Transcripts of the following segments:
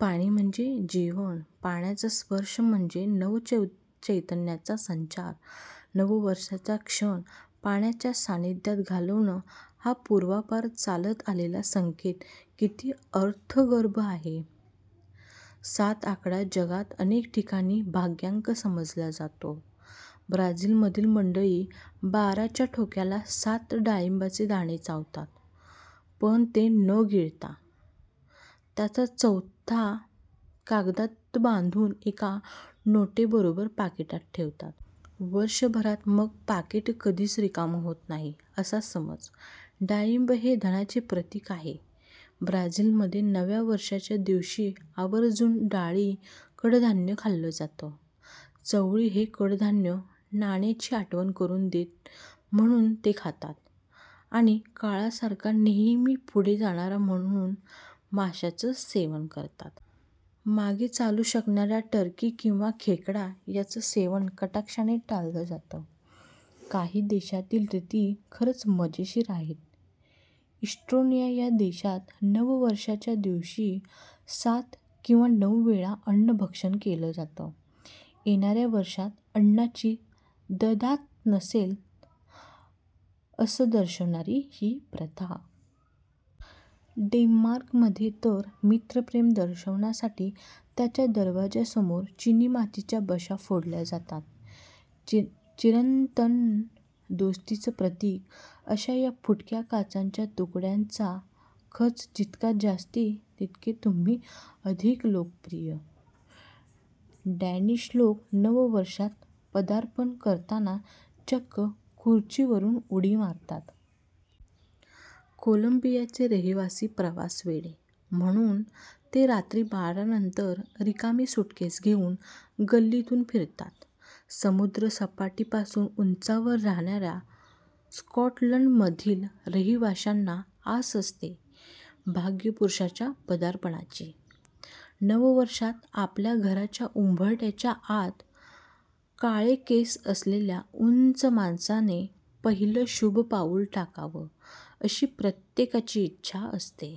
पाणी म्हणजे जीवन. पाण्याचा स्पर्श म्हणजे नवचैतन्याचा संचार! नववर्षाचा क्षण पाण्याच्या सान्निध्यात घालवणं हा पूर्वापार चालत आलेला संकेत किती अर्थगर्भ आहे! सात आकडा जगात अनेक ठिकाणी भाग्यांक समजला जातो. ब्राझीलमधील मंडळी बाराच्या ठोक्याला सात डाळिंबाचे दाणे चावतात, पण ते न गिळता त्याचा चोथा कागदात बांधून एका नोटेबरोबर पाकिटात ठेवतात. वर्षभरात मग पाकीट कधीच रिकामं होत नाही, असा समज! डाळिंब हे धनाचं प्रतीक आहे. ब्राझीलमध्ये नव्या वर्षाच्या दिवशी आवर्जून डाळी, कडधान्य खाल्लं जातं. चवळी हे कडधान्य नाण्याची आठवण करून देतं म्हणून ते खातात आणि काळासारखा नेहमी पुढे जाणारा म्हणून माशाचं सेवन करतात. मागे चालू शकणाऱ्या टर्की किंवा खेकडा यांचं सेवन कटाक्षाने टाळलं जातं. काही देशातील रीती खरंच मजेशीर आहेत. इस्टोनिया या देशात नववर्षाच्या दिवशी सात किंवा नऊ वेळा अन्न भक्षण केलं जातं. येणाऱ्या वर्षात अन्नाची ददात नसेल असं दर्शवणारी ही प्रथा! डेन्मार्कमध्ये तर मित्रप्रेम दर्शवण्यासाठी त्याच्या दरवाजासमोर चिनीमातीच्या बशा फोडल्या जातात. चिरंतन दोस्तीचं प्रतीक अशा या फुटक्या काचांच्या तुकड्यांचा खच जितका जास्ती, तितके तुम्ही अधिक लोकप्रिय. डॅनिश लोक नववर्षात पदार्पण करताना चक्क खुर्चीवरून उडी मारतात. कोलंबियाचे रहिवासी प्रवासवेडे. म्हणून ते रात्री बारानंतर रिकामी सूटकेस घेऊन गल्लीतून फिरतात. समुद्रसपाटीपासून उंचावर राहणाऱ्या स्कॉटलंडमधील रहिवाशांना आस असते भाग्यपुरुषाच्या पदार्पणाची. नववर्षात आपल्या घराच्या उंबरठ्याच्या आत काळे केस असलेल्या उंच माणसाने पहिलं शुभ पाऊल टाकावं अशी प्रत्येकाची इच्छा असते.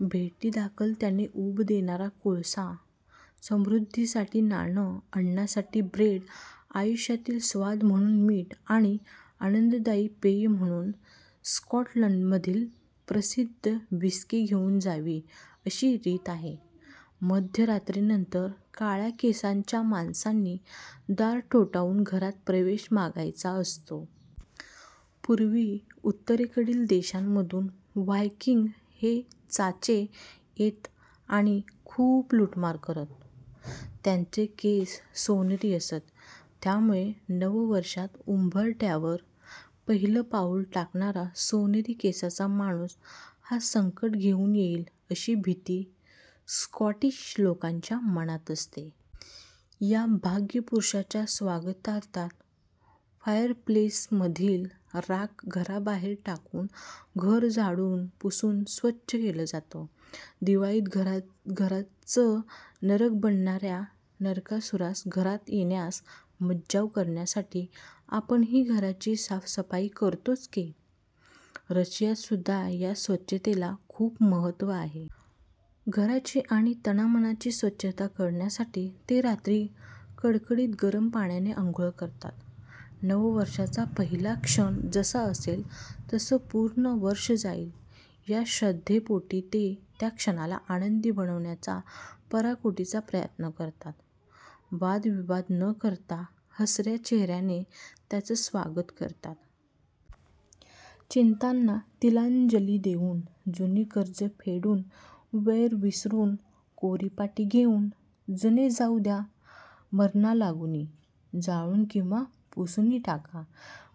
भेटीदाखल त्याने ऊब देणारा कोळसा, समृद्धीसाठी नाणं, अन्नासाठी ब्रेड, आयुष्यातील स्वाद म्हणून मीठ आणि आनंददायी पेय म्हणून स्कॉटलंडमधील प्रसिद्ध व्हिस्की घेऊन जावी अशी रीत आहे. मध्यरात्रीनंतर काळ्या केसांच्या माणसांनी दार ठोठावून घरात प्रवेश मागायचा असतो. पूर्वी उत्तरेकडील देशांमधून व्हायकिंग हे चाचे येत आणि खूप लूटमार करत. त्यांचे केस सोनेरी असत. त्यामुळे नववर्षात उंबरठ्यावर पहिलं पाऊल ठेवणारा सोनेरी केसांचा माणूस हा संकटं घेऊन येईल अशी भीती स्कॉटिश लोकांच्या मनात असते. या भाग्यपुरुषाच्या स्वागतार्थ फायरप्लेसमधील राख घराबाहेर टाकून, घर झाडून, पुसून स्वच्छ केलं जातं. दिवाळीत घराचं नरक बनवणाऱ्या नरकासुरास घरात येण्यास मज्जाव करण्यासाठी आपणही घराची साफसफाई करतोच की! रशियात सुद्धा या स्वच्छतेला खूप महत्त्व आहे. घराची आणि तनामनाची स्वच्छता करण्यासाठी ते रात्री कडकडीत गरम पाण्याने अंघोळ करतात. नववर्षाचा पहिला क्षण जसा असेल तसं पूर्ण वर्ष जाईल या श्रद्धेपोटी ते त्या क्षणाला आनंदी बनवण्याचा पराकोटीचा प्रयत्न करतात. वादविवाद न करता, हसऱ्या चेहऱ्याने त्याचं स्वागत करतात. चिंतांना तिलांजली देऊन, जुनी कर्जं फेडून, वैर विसरून, कोरी पाटी घेऊन, 'जुने जाऊ द्या मरणालागुनी, जाळून किंवा पुरुनी टाका'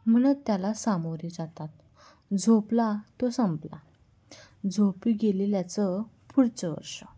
म्हणत त्याला सामोरं जातात. 'झोपला तो संपला'! झोपी गेलेल्याचं पुढचं वर्षं